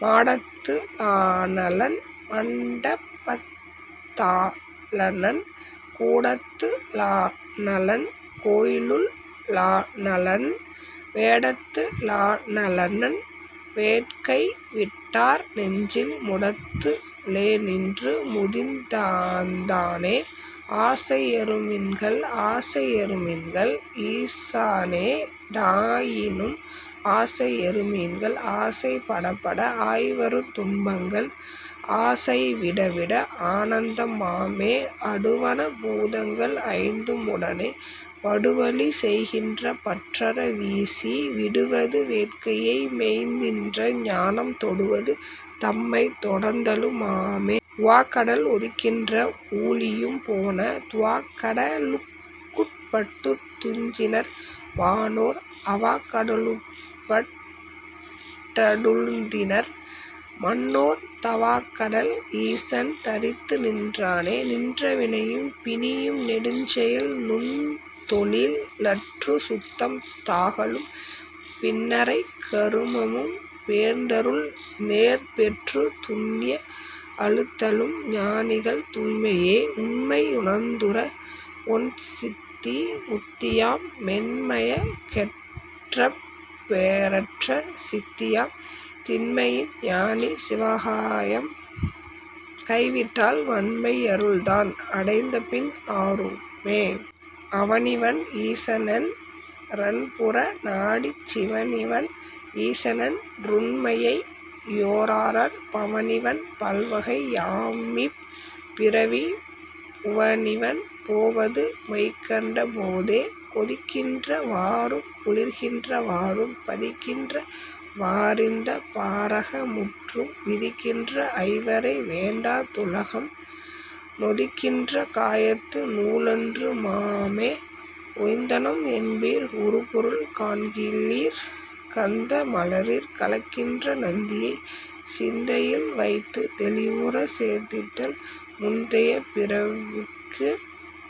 மாடத்து ளானலன் மண்டபத் தானலன் கூடத்து ளானலன் கோயிலுள் ளானலன் வேடத்து ளானலன்தன் வேட்கைவிட் டார்நெஞ்சில் முடத்து ளேநின்று முதிந் தானே.. ஆசை யறுமின்கள் ஆசை யறுமின்கள் ஈசானோ டாயினும் ஆசை யறுமின்கள் ஆசை படப்பட ஆய்வருந் துன்பங்கள் ஆசை விடவிட ஆனந்த மாமே.. அடுவன பூதங்கள் ஐந்தும் உடனே படுவழி செய்கின்ற பற்றற வீசி விடுவது வேட்கையை மெய்ந்நின்ற ஞானம் தொடுவது தம்மைத் தொடர்தலு மாமே.. உவாக்கடல் ஒதுகின்ற வூழியும் போன துவாக்கட லுட்பட்டுத் துஞ்சினர் வானோர் அவாக்கட லுட்பட் டழுந்தினர் மண்ணோர் தவாக்கடல் ஈசன் தரித்து நின்றானே.. நின்ற வினையும் பிணியும் நெடுஞ்செயல் நுந்தொழில் லற்றுச் சுத்தம் தாகலும் பின்றைங் கருமமும் பேர்த்தருள் நேர்பெற்றுத் துன்ற அழுத்தலும் ஞானிகள் தூய்மையே.. உண்மை யுணர்ந்துற ஒண்சித்தி முத்தியாம் பெண்மயற் கெட்டறப் பேறட்ட சித்தியாம் திண்மையின் ஞானி சிவகாயம் கைவிட்டால் வண்மை யருள்தான் அடைந்தபின் ஆறுமே.. அவனிவன் ஈசனென் றன்புற நாடிச் சிவனிவன் ஈசனென் றுண்மையை யோரார் பவனிவன் பல்வகை யாமிப் பிறவி புவனிவன் போவது பொய்கண்ட போதே.. கொதிக்கின்ற வாறுங் குளிர்கின்ற வாறும் பதிக்கின்ற வாறிந்தப் பாரக முற்றும் விதிக்கின்ற ஐவரை வேண்டா துலகம் நொதிக்கின்ற காயத்து நூலொன்று மாமே.. உய்ந்தனம் என்பீர் உறுபொருள் காண்கிலீர் கந்த மலரிற் கலக்கின்ற நந்தியைச் சிந்தையில் வைத்துத் தெளிவுறச் சேர்த்திட்டால் முந்தையப் பிறவிக்கு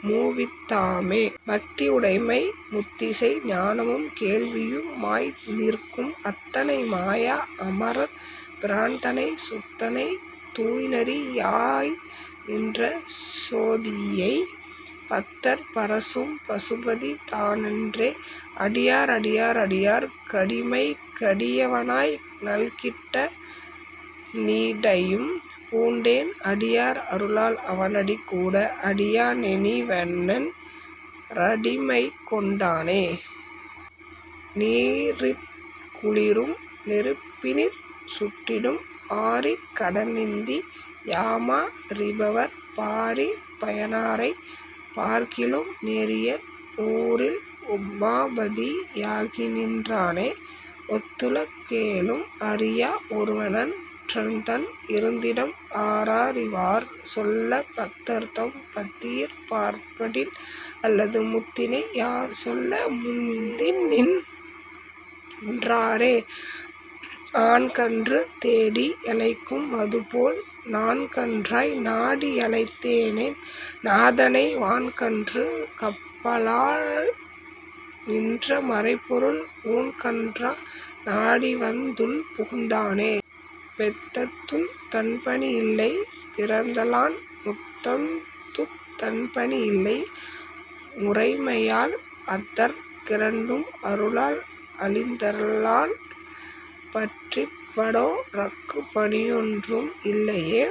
மூவித் தாமே... பக்தியுடைமை முத்திசெய் ஞானமும் கேள்வியு மாய்நிற்கும் அத்தனை மாயா அமரர் பிரான்தனைச் சுத்தனை தூய்நெறி யாய்நின்ற சோதியைப் பத்தர் பரசும் பசுபதி தானென்றே.. அடியார் அடியார் அடியார்க் கடிமைக் கடியவனாய் நல்கிட் டடினையும் பூண்டேன் அடியார் அருளால் அவனடி கூட அடியா னிவனென் றடிமைகொண் டானே.. நீரிற் குளிரும் நெருப்பினிற் சுட்டிடும் ஆரிக் கடனிந்தி யாமா ரறிபவர் பாரிற் பயனாரைப் பார்க்கிலும் நேரியர் ஊரில் உமாபதி யாகிநின் றானே.. ஒத்துல கேழும் அறியா ஒருவனென் ற்த்தன் இருந்திடம் ஆரறிவார்சொல்லப் பத்தர்தம் பத்தியிற் பாற்படில் அல்லது முத்தினை யார்சொல்ல முந்துநின் றாரே.. ஆன்கன்று தேடி யழைக்கு மதுபோல் நான்கன்றாய் நாடி யழைத்தேனென் நாதனை வான்கன்றுக் கப்பாலால் நின்ற மறைப்பொருள் ஊன்கன்றா னாடிவந் துள்புகுந் தானே.. பெத்தத்துந் தன்பணி இல்லை பிறந்தலான் முத்தம்துந் தன்பணி இல்லை முறைமையால் அத்தற் கிரண்டும் அருளால் அளிந்தருலாற் பற்றிப்ப டோ ர்க்குப் பணியொன்றும் இல்லையே..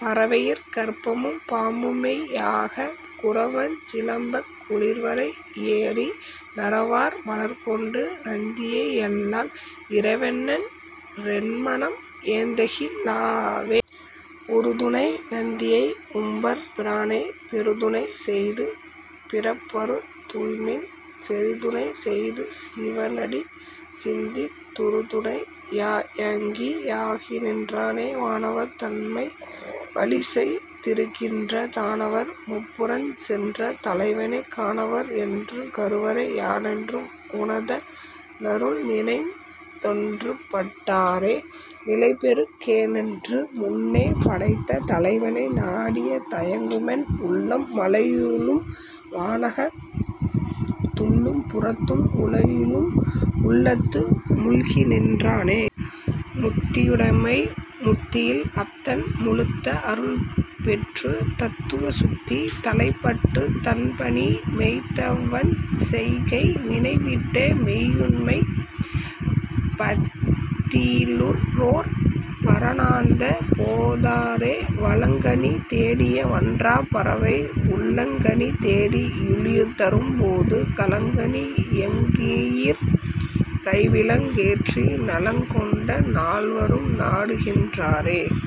பறவையிற் கற்பமும் பாம்புமெய் யாகப் குறவஞ் சிலம்பக் குளிர்வரை யேறி நறவார் மலர்கொண்டு நந்தியை யல்லால் இறைவனென் றென்மனம் ஏந்தகி லாவே.. உறுதுணை நந்தியை உம்பர் பிரானை பெறுதுணை செய்து பிறப்பறுத் துய்மின் செறிதுணை செய்து சிவனடி சிந்தித் துறுதுணை யாயங்கி யாகிநின் றானே.. வானவர் தம்மை வலிசெய் திருக்கின்ற தானவர் முப்புரஞ் சென்ற தலைவனைக் கானவன் என்றுங் கருவரை யானென்றும் உனத னுள்நினைந் தொன்றுபட் டாரே.. நிலைபெறு கேனென்று முன்னே படைத்த தலைவனை நாடியத் தயங்குமென் உள்ளம் மலையுளும் வானகத் துள்ளும் புறத்தும் உலையுளும் உள்ளத்து மூழ்கிநின் றானே... முத்தியுடைமை முத்தியில் அத்தன் முழுத்த அருள்பெற்றுத் தத்துவ சுத்தி தலைப்பட்டுத் தன்பணி மெய்த்தவஞ் செய்கை வினைவிட்ட மெய்யுண்மைப் பத்தியி லுற்றோர் பரானந்த போதரே.. வளங்கனி தேடிய வன்றாட் பறவை உள்ளங்கனி தேடி யுழிதரும் போது களங்கனி யங்கியிற் கைவிளங் கேற்றி நலங் கொண்ட நால்வரும் நாடுகின்றாரே..